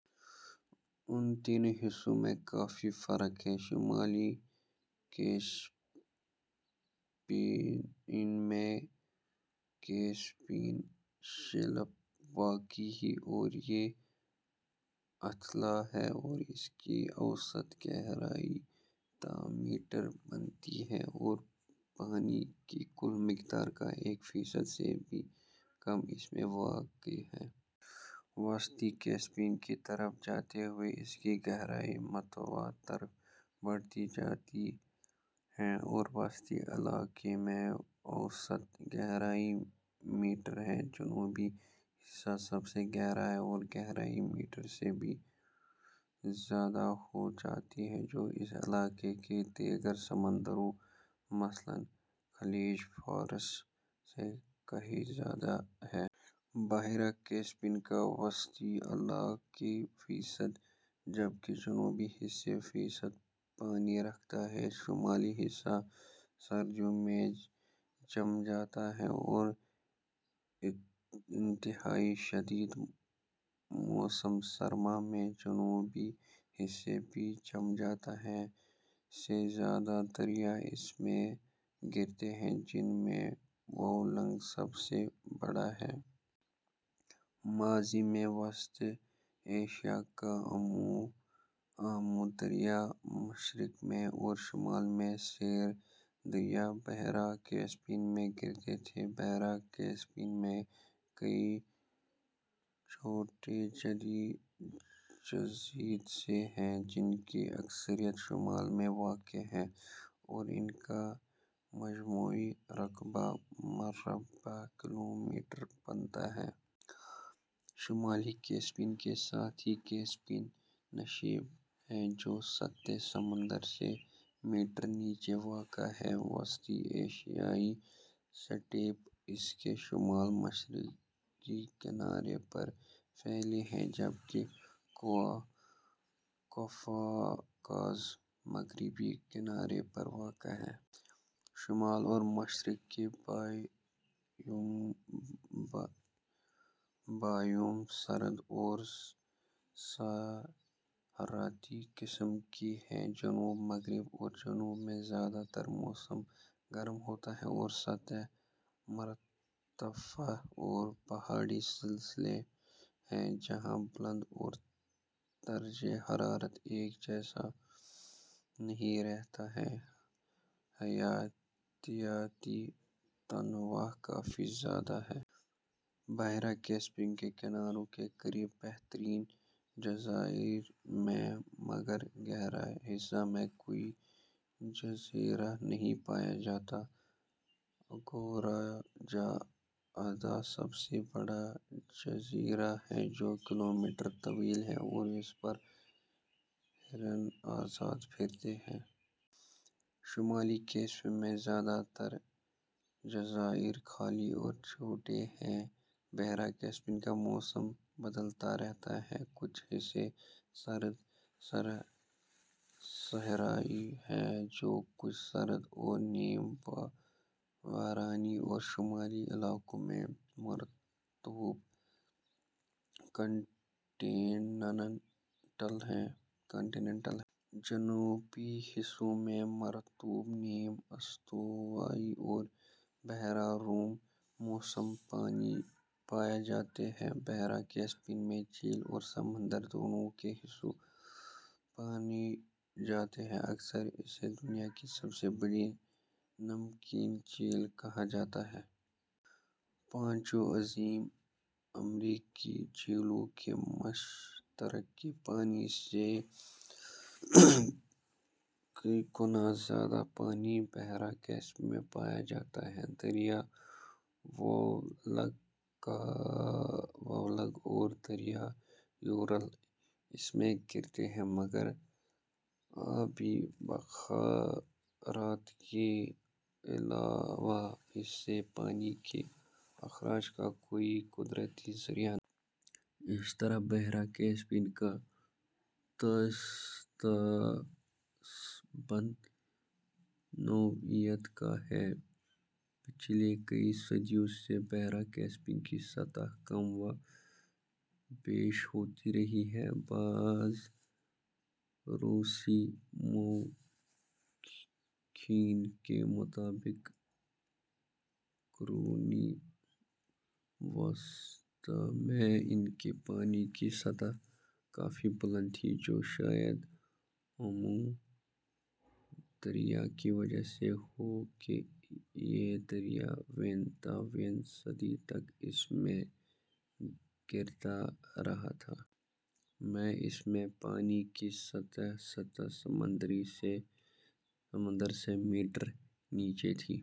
ان تینوں حصوں میں کافی فرق ہے۔ شمالی کیسپیئن میں کیسپیئن شیلف واقع ہے اور یہ اتھلا ہے اور اس کی اوسط گہرائی تا میٹر بنتی ہے اور پانی کی کل مقدار کا ایک فیصد سے بھی کم اس میں واقع ہے۔ وسطی کیسپیئن کی طرف جاتے ہوئے اس کی گہرائی متواتر بڑھتی جاتی ہے اور وسطی علاقے میں اوسط گہرائی میٹر ہے۔ جنوبی حصہ سب سے گہرا ہے اور گہرائی ، میٹر سے بھی زیادہ ہو جاتی ہے جو اس علاقے کے دیگر سمندروں مثلاً خلیج فارس سے کہیں زیادہ ہے۔ بحیرہ کیسپیئن کا وسطی علاقہ فیصد جبکہ جنوبی حصہ فیصد پانی رکھتا ہے۔ شمالی حصہ سردیوں میں جم جاتا ہے اور انتہائی شدید موسم سرما میں جنوبی حصہ بھی جم جاتا ہے۔ سے زیادہ دریا اس میں گرتے ہیں جن میں وولگا سب سے بڑا ہے۔ ماضی میں وسطی ایشیا کا آمو دریا مشرق میں اور شمال میں سیر دریا بحیرہ کیسپیئن میں گرتے تھے۔ بحیرہ کیسپیئن میں کئی چھوٹے جزیرے ہیں جن کی اکثریت شمال میں واقع ہے اور ان کا مجموعی رقبہ ، مربع کلومیٹر بنتا ہے۔ شمالی کیسپیئن کے ساتھ ہی کیسپیئن نشیب ہے جو سطح سمندر سے میٹر نیچے واقع ہے۔ وسطی ایشیائی سٹیپ اس کے شمال مشرقی کنارے پر پھیلے ہیں جبکہ کوہ قفقاز مغربی کنارے پر واقع ہے۔ شمال اور مشرق کے بائیوم سرد اور صحرائی قسم کے ہیں۔ جنوب مغرب اور جنوب میں زیادہ تر موسم گرم ہوتا ہے اور سطح مرتفع اور پہاڑی سلسلے ہیں جہاں بلندی اور درجہ حرارت ایک جیسا نہیں رہتا اور حیاتیاتی تنوع کافی زیادہ ہے۔ بحیرہ کیسیپیئن کے کناروں کے قریب بہتیرے جزائر ہیں مگر گہرے حصے میں کوئی جزیرہ نہیں پایا جاتا۔ اگورجا ادا سب سے بڑا جزیرہ ہے جو کلومیٹر طویل ہے اور اس پر ہرن آزاد پھرتے ہیں۔ شمالی کیسیپئن میں زیادہ تر جزائر خالی اور چھوٹے ہیں۔ بحیرہ کیسپیئن کا موسم بدلتا رہتا ہے۔ کچھ حصے سرد صحرائی ہیں تو کچھ سرد اور نیم بارانی اور شمالی علاقوں میں مرطوب کانٹیننٹل ہے۔ جنوبی حصوں میں مرطوب نیم استوائی اور بحیرہ روم موسم پائے جاتے ہیں۔ بحیرہ کیسپیئن میں جھیل اور سمندر، دونوں کے خواص پائے جاتے ہیں۔ اکثر اسے دنیا کی سب سے بڑی نمکین جھیل کہا جاتا ہے۔ پانچوں عظیم امریکی جھیلوں کے مشترکہ پانی سے ء گنا زیادہ پانی بحیرہ کیسپیئن میں پایا جاتا ہے۔ دریائے وولگا اور دریائے یورال اس میں گرتے ہیں مگر آبی بخارات کے علاوہ اس سے پانی کے اخراج کا کوئی قدرتی ذریعہ نہیں۔ اس طرح بحیرہ کیسپیئن کا طاس بند نوعیت کا ہے۔ پچھلی کئی صدیوں سے بحیرہ کیسپیئن کی سطح کم و بیش ہوتی رہی ہے۔ بعض روسی مؤرخین کے مطابق قرونِ وسطیٰ میں اس کے پانی کی سطح کافی بلند تھی جو شاید آمو دریا کی وجہ سے ہو کہ یہ دریا ویں تا ویں صدی تک اس میں گرتا رہا تھا۔ میں اس میں پانی کی سطح سطح سمندر سے میٹر نیچے تھی۔